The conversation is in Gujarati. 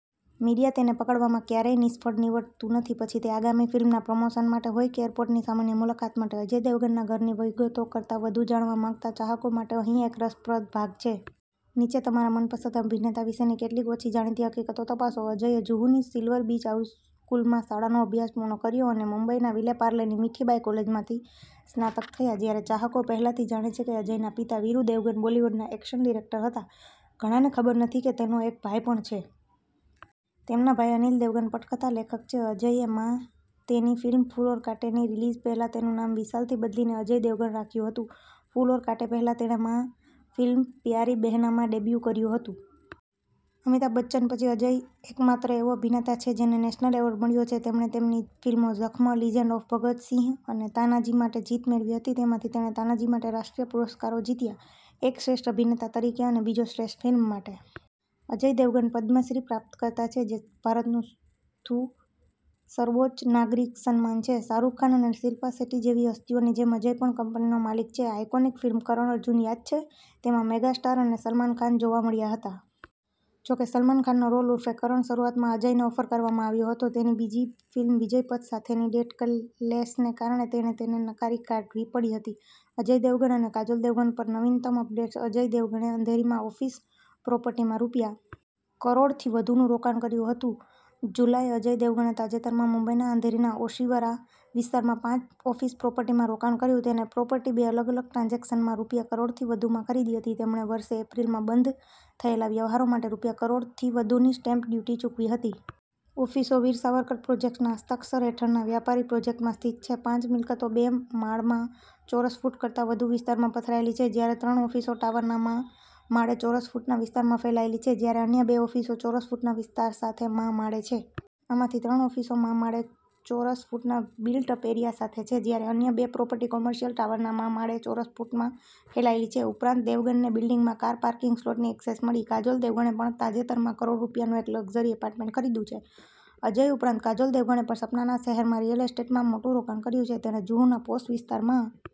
મીડિયા તેને પકડવામાં ક્યારેય નિષ્ફળ નીવડતું નથી, પછી તે આગામી ફિલ્મના પ્રમોશન માટે હોય કે એરપોર્ટની સામાન્ય મુલાકાત માટે. અજય દેવગનના ઘરની વિગતો કરતાં વધુ જાણવા માંગતા ચાહકો માટે અહીં એક રસપ્રદ ભાગ છે. નીચે તમારા મનપસંદ અભિનેતા વિશેની કેટલીક ઓછી જાણીતી હકીકતો તપાસો. અજયે જુહુની સિલ્વર બીચ હાઈસ્કૂલમાં શાળાનો અભ્યાસ પૂર્ણ કર્યો અને મુંબઈના વિલે પાર્લેની મીઠીબાઈ કોલેજમાંથી સ્નાતક થયા. જ્યારે ચાહકો પહેલાથીજાણે છે કે અજયના પિતા, વીરુ દેવગન, બોલિવૂડમાં એક્શન ડિરેક્ટર હતા, ઘણાને ખબર નથી કે તેનો એક ભાઈ પણ છે. તેમના ભાઈ અનિલ દેવગન પટકથા લેખક છે. અજયે માં તેની ફિલ્મ ફૂલ ઔર કાંટેની રિલીઝ પહેલાં તેનું નામ વિશાલથી બદલીને અજય દેવગણ રાખ્યું હતું. ફૂલ ઔર કાંટે પહેલાં, તેણે માં ફિલ્મ પ્યારી બેહનામાં ડેબ્યૂ કર્યું હતું. અમિતાભ બચ્ચન પછી અજય એકમાત્ર એવો અભિનેતા છે જેને નેશનલ એવોર્ડ મળ્યો છે. તેમણે તેમની ફિલ્મો ઝખ્મ, લિજેન્ડ ઓફ ભગત સિંહ અને તાનાજી માટેજીત મેળવી હતી. તેમાંથી, તેણે તાનાજી માટે રાષ્ટ્રીય પુરસ્કારો જીત્યા, એક શ્રેષ્ઠ અભિનેતા તરીકે અને બીજો શ્રેષ્ઠ ફિલ્મ માટે. અજય દેવગન પદ્મશ્રી પ્રાપ્તકર્તા છે, જે ભારતનું થું સર્વોચ્ચ નાગરિક સન્માન છે. શાહરૂખ ખાન અને શિલ્પા શેટ્ટી જેવી હસ્તીઓની જેમ અજય પણ કંપનીનો માલિક છે. આઇકોનિક ફિલ્મ કરણ અર્જુન યાદ છે? તેમાં મેગાસ્ટાર અને સલમાન ખાન જોવા મળ્યા હતા. જોકે, સલમાન ખાનનો રોલ, ઉર્ફે કરણ, શરૂઆતમાં અજયને ઓફર કરવામાં આવ્યો હતો. તેની બીજી ફિલ્મ વિજયપથ સાથેની ડેટ ક્લેશને કારણે તેણે તેને નકારી કાઢવી પડી હતી. અજય દેવગણ અને કાજોલ દેવગણ પર નવીનતમ અપડેટ્સ અજય દેવગણે અંધેરીમાં ઓફિસ પ્રોપર્ટીમાં રૂ. કરોડથી વધુનું રોકાણ કર્યું હતું જુલાઈઅજય દેવગણે તાજેતરમાં મુંબઈના અંધેરીના ઓશિવારા વિસ્તારમાં પાંચ ઓફિસ પ્રોપર્ટીમાં રોકાણ કર્યું. તેણેપ્રોપર્ટી બે અલગ-અલગ ટ્રાન્ઝેક્શનમાં રૂ. કરોડથી વધુમાં ખરીદી હતી. તેમણેવર્ષે એપ્રિલમાં બંધ થયેલાવ્યવહારો માટે રૂ. કરોડથી વધુની સ્ટેમ્પ ડ્યુટી ચૂકવી હતી. ઑફિસો વીર સાવરકર પ્રોજેક્ટ્સના હસ્તાક્ષર હેઠળના વ્યાપારી પ્રોજેક્ટમાં સ્થિત છે. પાંચ મિલકતો બે માળમાંચોરસ ફૂટ કરતાં વધુ વિસ્તારમાં પથરાયેલી છે. જ્યારે ત્રણ ઓફિસો ટાવરના મા માળેચોરસ ફૂટના વિસ્તારમાં ફેલાયેલી છે, જ્યારે અન્ય બે ઓફિસોચોરસ ફૂટના વિસ્તાર સાથે મા માળે છે. આમાંથી ત્રણ ઓફિસો મા માળેચોરસ ફૂટના બિલ્ટ-અપ એરિયા સાથે છે, જ્યારે અન્ય બે પ્રોપર્ટી કોમર્શિયલ ટાવરના મા માળેચોરસ ફૂટમાં ફેલાયેલી છે. ઉપરાંત, દેવગનને બિલ્ડિંગમાં કાર પાર્કિંગ સ્લોટની ઍક્સેસ મળી. કાજોલ દેવગણે પણ તાજેતરમાંકરોડ રૂપિયાનું એક લક્ઝરી એપાર્ટમેન્ટ ખરીદ્યું છે અજય ઉપરાંત કાજોલ દેવગણે પણ સપનાના શહેરમાં રિયલ એસ્ટેટમાં મોટું રોકાણ કર્યું છે. તેણે જુહુના પોશ વિસ્તારમાં